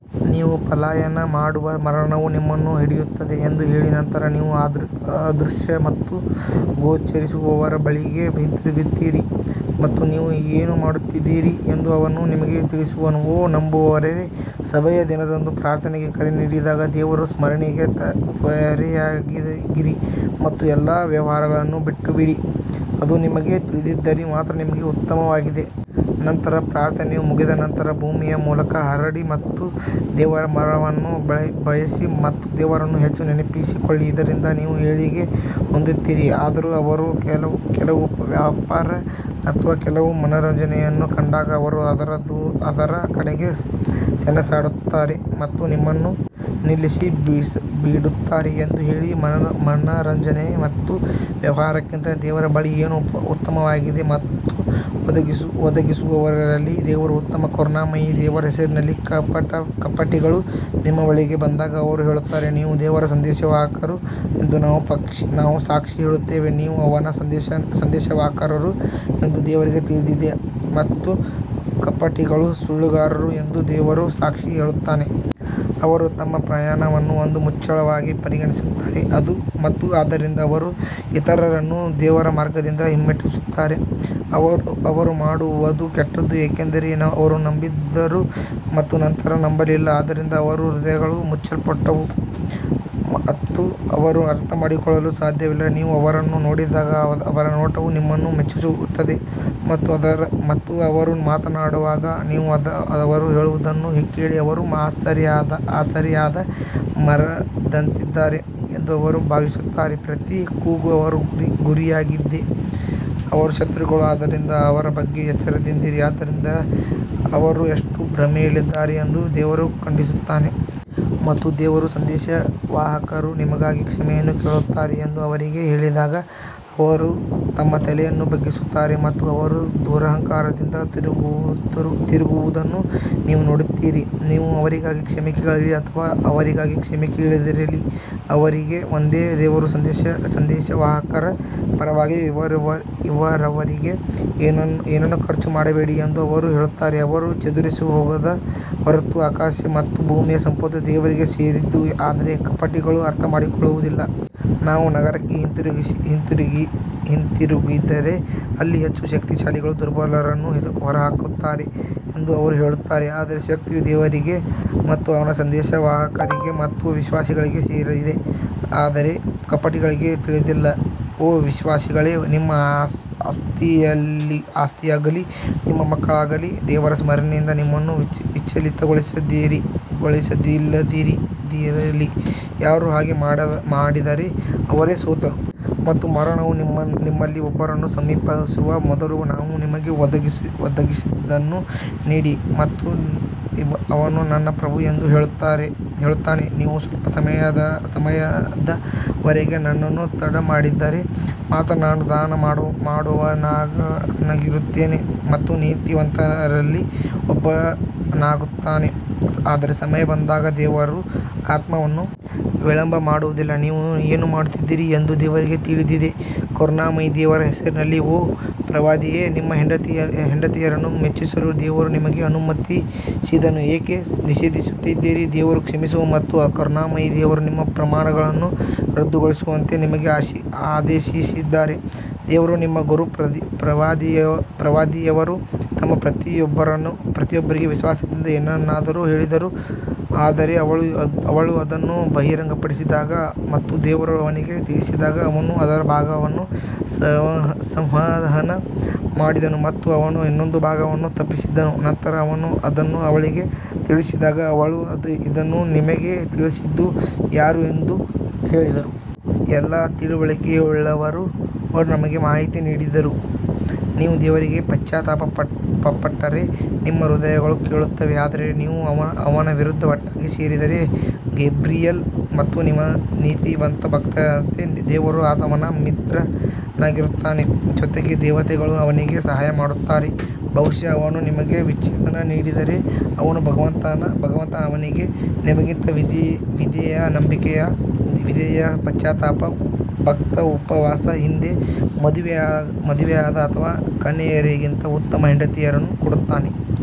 ನೀವು ಪಲಾಯನ ಮಾಡುವ ಮರಣವು ನಿಮ್ಮನ್ನು ಹಿಡಿಯುತ್ತದೆ ಎಂದು ಹೇಳಿ ನಂತರ ನೀವು ಅದೃಶ್ಯ ಮತ್ತು ಗೋಚರಿಸುವವರ ಬಳಿಗೆ ಹಿಂತಿರುಗುತ್ತೀರಿ ಮತ್ತು ನೀವು ಏನು ಮಾಡುತ್ತಿದ್ದೀರಿ ಎಂದು ಅವನು ನಿಮಗೆ ತಿಳಿಸುವನು. ಓ ನಂಬುವವರೇ, ಸಭೆಯ ದಿನದಂದು ಪ್ರಾರ್ಥನೆಗೆ ಕರೆ ನೀಡಿದಾಗ ದೇವರ ಸ್ಮರಣೆಗೆ ತ್ವರೆಯಾಗಿರಿ ಮತ್ತು ಎಲ್ಲಾ ವ್ಯವಹಾರಗಳನ್ನು ಬಿಟ್ಟುಬಿಡಿ, ಅದು ನಿಮಗೆ ತಿಳಿದಿದ್ದರೆ ಮಾತ್ರ ನಿಮಗೆ ಉತ್ತಮವಾಗಿದೆ. ನಂತರ ಪ್ರಾರ್ಥನೆಯು ಮುಗಿದ ನಂತರ ಭೂಮಿಯ ಮೂಲಕ ಹರಡಿ ಮತ್ತು ದೇವರ ವರವನ್ನು ಬಯಸಿ ಮತ್ತು ದೇವರನ್ನು ಹೆಚ್ಚು ನೆನಪಿಸಿಕೊಳ್ಳಿ ಇದರಿಂದ ನೀವು ಏಳಿಗೆ ಹೊಂದುತ್ತೀರಿ. ಆದರೂ ಅವರು ಕೆಲವು ವ್ಯಾಪಾರ ಅಥವಾ ಕೆಲವು ಮನರಂಜನೆಯನ್ನು ಕಂಡಾಗ ಅವರು ಅದರ ಕಡೆಗೆ ಸೆಣಸಾಡುತ್ತಾರೆ ಮತ್ತು ನಿಮ್ಮನ್ನು ನಿಲ್ಲಿಸಿ ಬಿಡುತ್ತಾರೆ ಎಂದು ಹೇಳಿ ಮನರಂಜನೆ ಮತ್ತು ವ್ಯವಹಾರಕ್ಕಿಂತ ದೇವರ ಬಳಿ ಏನು ಉತ್ತಮವಾಗಿದೆ ಮತ್ತು ಒದಗಿಸುವವರಲ್ಲಿ ದೇವರು ಉತ್ತಮ ಕರುಣಾಮಯಿ ದೇವರ ಹೆಸರಿನಲ್ಲಿ ಕಪಟಿಗಳು ನಿಮ್ಮ ಬಳಿಗೆ ಬಂದಾಗ ಅವರು ಹೇಳುತ್ತಾರೆ, ನೀವು ದೇವರ ಸಂದೇಶವಾಹಕರು ಎಂದು ನಾವು ಸಾಕ್ಷಿ ಹೇಳುತ್ತೇವೆ, ನೀವು ಅವನ ಸಂದೇಶವಾಹಕರು ಎಂದು ದೇವರಿಗೆ ತಿಳಿದಿದೆ ಮತ್ತು ಕಪಟಿಗಳು ಸುಳ್ಳುಗಾರರು ಎಂದು ದೇವರು ಸಾಕ್ಷಿ ಹೇಳುತ್ತಾನೆ. ಅವರು ತಮ್ಮ ಪ್ರಮಾಣಗಳನ್ನು ಒಂದು ಮುಚ್ಚಳವಾಗಿ ಪರಿಗಣಿಸುತ್ತಾರೆ ಮತ್ತು ಆದ್ದರಿಂದ ಅವರು ಇತರರನ್ನು ದೇವರ ಮಾರ್ಗದಿಂದ ಹಿಮ್ಮೆಟ್ಟಿಸುತ್ತಾರೆ, ಅವರು ಮಾಡುವದು ಕೆಟ್ಟದು ಏಕೆಂದರೆ ಅವರು ನಂಬಿದ್ದರು ಮತ್ತು ನಂತರ ನಂಬಲಿಲ್ಲ, ಆದ್ದರಿಂದ ಅವರ ಹೃದಯಗಳು ಮುಚ್ಚಲ್ಪಟ್ಟವು ಮತ್ತು ಅವರು ಅರ್ಥಮಾಡಿಕೊಳ್ಳಲು ಸಾಧ್ಯವಿಲ್ಲ ನೀವು ಅವರನ್ನು ನೋಡಿದಾಗ ಅವರ ನೋಟವು ನಿಮ್ಮನ್ನು ಮೆಚ್ಚಿಸುತ್ತದೆ ಮತ್ತು ಅವರು ಮಾತನಾಡುವಾಗ ನೀವು ಅವರು ಹೇಳುವದನ್ನು ಕೇಳಿ ಅವರು ಆಸರೆಯಾದ ಮರದಂತಿದ್ದಾರೆ ಎಂದು ಅವರು ಭಾವಿಸುತ್ತಾರೆ ಪ್ರತಿ ಕೂಗು ಅವರ ಗುರಿಯಾಗಿದೆ ಅವರು ಶತ್ರುಗಳು ಆದ್ದರಿಂದ ಅವರ ಬಗ್ಗೆ ಎಚ್ಚರದಿಂದಿರಿ ಆದ್ದರಿಂದ ಅವರು ಎಷ್ಟು ಭ್ರಮೆಯಲ್ಲಿದ್ದಾರೆ ಎಂದು ದೇವರು ಖಂಡಿಸುತ್ತಾನೆ. ಮತ್ತು ದೇವರ ಸಂದೇಶವಾಹಕರು ನಿನಗಾಗಿ ಕ್ಷಮೆಯನ್ನು ಕೇಳುತ್ತಾರೆ ಎಂದು ಅವರಿಗೆ ಹೇಳಿದಾಗ ಅವರು ತಮ್ಮ ತಲೆಯನ್ನು ಬಗ್ಗಿಸುತ್ತಾರೆ ಮತ್ತು ಅವರು ದುರಹಂಕಾರದಿಂದ ತಿರುಗುತ್ತಿರುವುದನ್ನು ನೀವು ನೋಡುತ್ತೀರಿ. ನೀವು ಅವರಿಗಾಗಿ ಕ್ಷಮೆ ಕೇಳಲಿ ಅಥವಾ ಅವರಿಗಾಗಿ ಕ್ಷಮೆ ಕೇಳದಿರಲಿ ಅವರಿಗೆ ಒಂದೇ ದೇವರ ಸಂದೇಶವಾಹಕರ ಪರವಾಗಿ ಇರುವವರಿಗೆ ಏನನ್ನೂ ಖರ್ಚು ಮಾಡಬೇಡಿ ಎಂದು ಅವರು ಹೇಳುತ್ತಾರೆ, ಅವರು ಚದುರಿಹೋಗದ ಹೊರತು ಆಕಾಶ ಮತ್ತು ಭೂಮಿಯ ಸಂಪತ್ತು ದೇವರಿಗೆ ಸೇರಿದ್ದು ಆದರೆ ಕಪಟಿಗಳು ಅರ್ಥಮಾಡಿಕೊಳ್ಳುವುದಿಲ್ಲ. ನಾವು ನಗರಕ್ಕೆ ಹಿಂತಿರುಗಿದರೆ ಅಲ್ಲಿ ಹೆಚ್ಚು ಶಕ್ತಿಶಾಲಿಗಳು ದುರ್ಬಲರನ್ನು ಹೊರಹಾಕುತ್ತಾರೆ ಎಂದು ಅವರು ಹೇಳುತ್ತಾರೆ ಆದರೆ ಶಕ್ತಿಯು ದೇವರಿಗೆ ಮತ್ತು ಅವನ ಸಂದೇಶವಾಹಕರಿಗೆ ಮತ್ತು ವಿಶ್ವಾಸಿಗಳಿಗೆ ಸೇರಿದೆ ಆದರೆ ಕಪಟಿಗಳಿಗೆ ತಿಳಿದಿಲ್ಲ. ಓ ವಿಶ್ವಾಸಿಗಳೇ, ನಿಮ್ಮ ಆಸ್ತಿಯಾಗಲಿ, ನಿಮ್ಮ ಮಕ್ಕಳಾಗಲಿ ದೇವರ ಸ್ಮರಣೆಯಿಂದ ನಿಮ್ಮನ್ನು ವಿಚಲಿತಗೊಳಿಸದಿರಲಿ, ಯಾರು ಹಾಗೆ ಮಾಡಿದರೆ ಅವರೇ ಸೋತವರು. ಮತ್ತು ಮರಣವು ನಿಮ್ಮಲ್ಲಿ ಒಬ್ಬನನ್ನು ಸಮೀಪಿಸುವ ಮೊದಲು ನಾವು ನಿಮಗೆ ಒದಗಿಸಿದ್ದನ್ನು ನೀಡಿ ಮತ್ತು ಅವನು ನನ್ನ ಪ್ರಭು ಎಂದು ಹೇಳುತ್ತಾನೆ, ನೀವು ಸ್ವಲ್ಪ ಸಮಯದವರೆಗೆ ನನ್ನನ್ನು ತಡಮಾಡಿದರೆ ಮಾತ್ರ ನಾನು ದಾನ ಮಾಡುವವನಾಗಿರುತ್ತೇನೆ ಮತ್ತು ನೀತಿವಂತರಲ್ಲಿ ಒಬ್ಬನಾಗುತ್ತೇನೆ. ಆದರೆ ಸಮಯ ಬಂದಾಗ ದೇವರು ಆತ್ಮವನ್ನು ವಿಳಂಬ ಮಾಡುವುದಿಲ್ಲ, ನೀವು ಏನು ಮಾಡುತ್ತೀರಿ ಎಂದು ದೇವರಿಗೆ ತಿಳಿದಿದೆ ಕರುಣಾಮಯಿ ದೇವರ ಹೆಸರಿನಲ್ಲಿ ಓ ಪ್ರವಾದಿಯೇ, ನಿಮ್ಮ ಹೆಂಡತಿಯರನ್ನು ಮೆಚ್ಚಿಸಲು ದೇವರು ನಿಮಗೆ ಅನುಮತಿಸಿದ್ದನ್ನು ಏಕೆ ನಿಷೇಧಿಸುತ್ತೀರಿ ದೇವರು ಕ್ಷಮಿಸುವ ಮತ್ತು ಕರುಣಾಮಯಿ ದೇವರು ನಿಮ್ಮ ಪ್ರಮಾಣಗಳನ್ನು ರದ್ದುಗೊಳಿಸುವಂತೆ ನಿಮಗೆ ಆದೇಶಿಸಿದ್ದಾರೆ ದೇವರು ನಿಮ್ಮ ಗುರು ಪ್ರವಾದಿಯವರು ತಮ್ಮ ಪತ್ನಿಯೊಬ್ಬರಿಗೆ ವಿಶ್ವಾಸದಿಂದ ಏನನ್ನಾದರೂ ಹೇಳಿದರು ಆದರೆ ಅವಳು ಅದನ್ನು ಬಹಿರಂಗಪಡಿಸಿದಾಗ ಮತ್ತು ದೇವರು ಅವನಿಗೆ ತಿಳಿಸಿದಾಗ ಅವನು ಅದರ ಭಾಗವನ್ನು ಸಂವಹನ ಮಾಡಿದನು ಮತ್ತು ಅವನು ಇನ್ನೊಂದು ಭಾಗವನ್ನು ತಪ್ಪಿಸಿದನು ನಂತರ ಅವನು ಅದನ್ನು ಅವಳಿಗೆ ತಿಳಿಸಿದಾಗ ಅವಳು ಇದನ್ನು ನಿಮಗೆ ತಿಳಿಸಿದ್ದು ಯಾರು ಎಂದು ಹೇಳಿದರು. ಎಲ್ಲಾ ತಿಳುವಳಿಕೆಯುಳ್ಳವರು ನನಗೆ ಮಾಹಿತಿ ನೀಡಿದರು ನೀವು ದೇವರಿಗೆ ಪಶ್ಚಾತ್ತಾಪಪಟ್ಟರೆ, ನಿಮ್ಮ ಹೃದಯಗಳು ಕೇಳುತ್ತವೆ ಆದರೆ ನೀವು ಅವನ ವಿರುದ್ಧ ಒಟ್ಟಾಗಿ ಸೇರಿದರೆ, ಗೇಬ್ರಿಯಲ್ ಮತ್ತು ನೀತಿವಂತ ಭಕ್ತರಂತೆ ದೇವರು ಅವನ ಮಿತ್ರನಾಗಿರುತ್ತಾನೆ, ಜೊತೆಗೆ ದೇವತೆಗಳು ಅವನಿಗೆ ಸಹಾಯ ಮಾಡುತ್ತಾರೆ. ಬಹುಶಃ ಅವನು ನಿಮಗೆ ವಿಚ್ಛೇದನ ನೀಡಿದರೆ ಅವನ ಭಗವಂತ ಅವನಿಗೆ ನಿಮಗಿಂತ ವಿಧೇಯ ನಂಬಿಕೆಯ ವಿಧೇಯ ಪಶ್ಚಾತ್ತಾಪ ಭಕ್ತ ಉಪವಾಸ ಹಿಂದೆ ಮದುವೆಯಾದ ಅಥವಾ ಕನ್ಯೆಯರಿಗಿಂತ ಉತ್ತಮ ಹೆಂಡತಿಯರನ್ನು ಕೊಡುತ್ತಾನೆ.